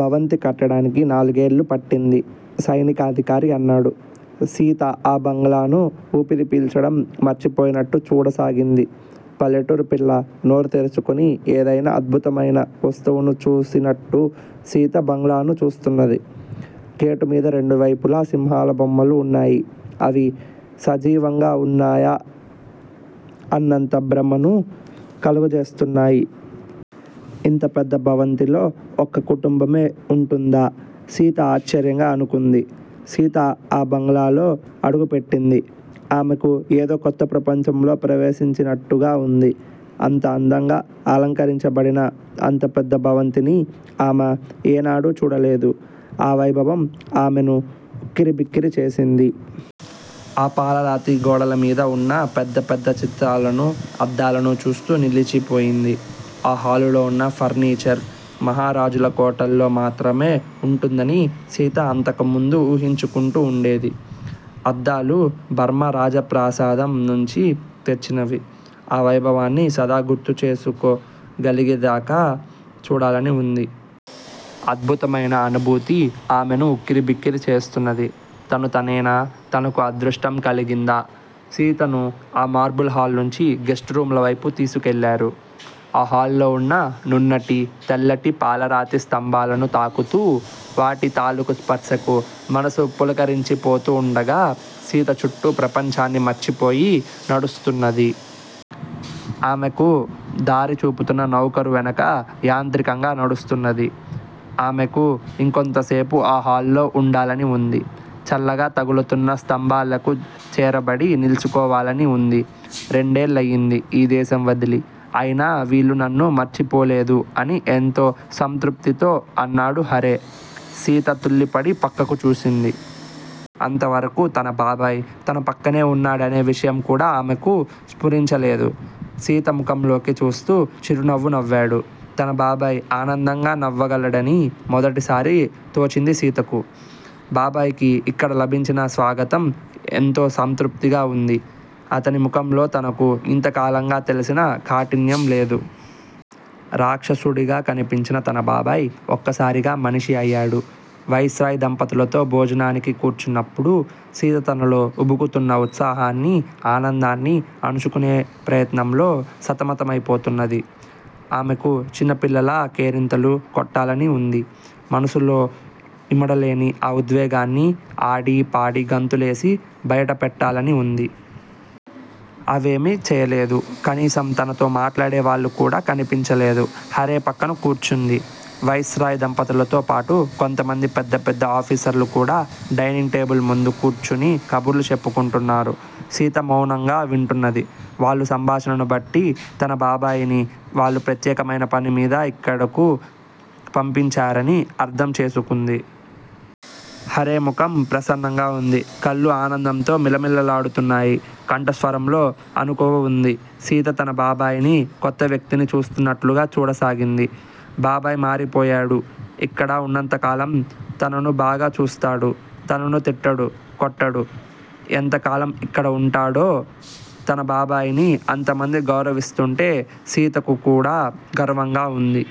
భవంతి కట్టడానికి నాలుగేళ్లు పట్టింది. సైనికాధికారి అన్నాడు. సీత ఆ బంగళాను ఊపిరి పీల్చడం మర్చిపోయినట్టు చూడసాగింది. పల్లెటూరి పిల్ల నోరు తెరుచుకుని ఏదైనా అద్భుతమైన వస్తువును చూసినట్టు సీత బంగళాను చూస్తున్నది. గేటు మీద రెండు వైపులా సింహాల బొమ్మలు ఉన్నాయి. అవి సజీవంగా ఉన్నాయా అన్నంత భ్రమను కలుగజేస్తున్నాయి. ఇంత పెద్ద భవంతిలో ఒక్క కుటుంబమే ఉంటుందా? సీత ఆశ్చర్యంగా అనుకుంది. సీత ఆ బంగళాలో అడుగుపెట్టింది. ఆమెకు ఏదో కొత్త ప్రపంచంలో ప్రవేశించినట్టుగా ఉంది. అంత అందంగా అలంకరించబడిన అంత పెద్ద భవంతిని ఆమె ఎన్నడూ చూడలేదు. ఆ వైభవం ఆమెను ఉక్కిరిబిక్కిరి చేసింది. ఆ పాలరాతి గోడల మీద ఉన్న పెద్ద పెద్ద చిత్రాలనూ, అద్దాలనూ చూస్తూ నిల్చిపోయింది. ఆ హాలులో ఉన్న ఫర్నిచర్ మహారాజుల కోటల్లో మాత్రమే ఉంటుందని సీత అంతకుముందు ఊహించుకుంటూ ఉండేది. అద్దాలు బర్మా రాజప్రాసాదం నుంచి తెచ్చినవి. ఆ వైభవాన్ని సదా గుర్తుచేస్కోగలిగేదాకా చూడాలని ఉంది. అద్భుతమైన అనుభూతి ఆమెను ఉక్కిరిబిక్కిరి చేస్తున్నది. తను తనేనా? తనకు అదృష్టం కలిగిందా? సీతను ఆ మార్బుల్ హాలు నుంచి గెస్టు రూముల వైపు తీసుకెళ్లారు. ఆ హాలులో ఉన్న నున్నటి, తెల్లటి పాలరాతి స్తంభాలను తాకుతూ, వాటి తాలూకు స్పర్శకు మనసు పులకరించిపోతూ ఉండగా, సీత చుట్టూ ప్రపంచాన్ని మరచిపోయి నడుస్తున్నది. ఆమెకు దారి చూపుతున్న నౌకరు వెనక యాంత్రికంగా నడుస్తున్నది. ఆమెకు ఇంకొంతసేపు ఆ హాలులో ఉండాలని ఉంది. చల్లగా తగులుతున్న స్తంభాలకు చేరబడి నిల్చుకోవాలని ఉంది. రెండేళ్లయింది ఈ దేశం వదిలి. అయినా వీళ్లు నన్ను మర్చిపోలేదు అని ఎంతో సంతృప్తితో అన్నాడు హారే. సీత తుళ్లిపడి పక్కకు చూసింది. అంతవరకు తన బాబాయి తన పక్కనే ఉన్నాడనే విషయం కూడా ఆమెకు స్పురించలేదు. సీత ముఖంలోకి చూస్తూ చిరునవ్వు నవ్వాడు. తన బాబాయి ఆనందంగా నవ్వగలడని మొదటిసారి తోచింది సీతకు. బాబాయికి ఇక్కడ లభించిన స్వాగతం ఎంతో సంతృప్తిగా ఉంది. అతని ముఖంలో తనకు ఇంతకాలంగా తెలిసిన కాఠిన్యం లేదు. రాక్షసుడిగా కనిపించిన తన బాబాయి ఒక్కసారిగా మనిషి అయ్యాడు. వైస్‌రాయ్ దంపతులతో భోజనానికి కూర్చున్నప్పుడు సీత తనలో ఉబుకుతున్న ఉత్సాహాన్నీ, ఆనందాన్నీ అణుచుకునే ప్రయత్నంలో సతమతమైపోతున్నది. ఆమెకు చిన్నపిల్లలా కేరింతలు కొట్టాలని ఉంది. మనసులో ఇమడలేని ఆ ఉద్వేగాన్ని ఆడీ, పాడీ, గంతులేసి బయటపెట్టాలని ఉంది. అవేమీ చేయలేదు. కనీసం తనతో మాట్లాడేవాళ్లు కూడా కనిపించలేదు. హారే పక్కన కూర్చుంది. వైస్‌రాయ్ దంపతులతో పాటు కొంతమంది పెద్ద పెద్ద ఆఫీసర్లు కూడా డైనింగ్ టేబుల్ ముందు కూర్చుని కబుర్లు చెప్పుకుంటున్నారు. సీత మౌనంగా వింటున్నది. వాళ్ల సంభాషణను బట్టి తన బాబాయిని వాళ్లు ప్రత్యేకమైన పనిమీద ఇక్కడకు పంపించారని అర్థం చేసుకుంది. హారే ముఖం ప్రసన్నంగా ఉంది. కళ్లు ఆనందంతో మిలమిలలాడుతున్నాయి. కంఠస్వరంలో అణకువ ఉంది. సీత తన బాబాయిని కొత్త వ్యక్తిని చూస్తున్నట్లు చూడసాగింది. బాబాయి మారిపోయాడు. ఇక్కడ ఉన్నంతకాలం తనను బాగా చూస్తాడు. తనను తిట్టడు. కొట్టడు. ఎంతకాలం ఇక్కడ ఉంటాడో? తన బాబాయిని అంతమంది గౌరవిస్తుంటే సీతకు కూడా గర్వంగా ఉంది.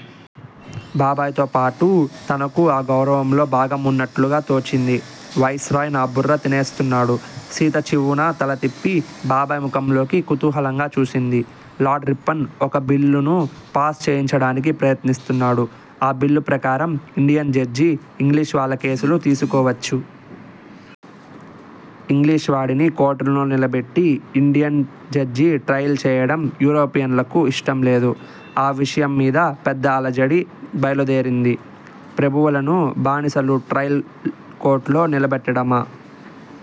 బాబాయితో పాటు తనకూ ఆ గౌరవంలో భాగం ఉన్నట్లుగా తోచింది. వైస్‌రాయ్ నా బుర్ర తినేస్తున్నాడు. సీత చివ్వున తల తిప్పి బాబాయి ముఖంలోకి కుతూహలంగా చూసింది. లార్డ్ రిప్పన్ ఒక బిల్లును పాస్ చేయించడానికి ప్రయత్నిస్తున్నాడు. ఆ బిల్లు ప్రకారం ఇండియన్ జడ్జి ఇంగ్లీషువాళ్ల కేసులు తీసుకోవచ్చు. ఇంగ్లీషువాడిని కోర్టులో నిలబెట్టి ఇండియన్ జడ్జి ట్రయల్ చేయడం యూరోపియన్లకు ఇష్టంలేదు. ఆ విషయం మీద పెద్ద అలజడి బయలుదేరింది. ప్రభువులను బానిసలు ట్రయల్ కోర్టులో నిలబెట్టడమా?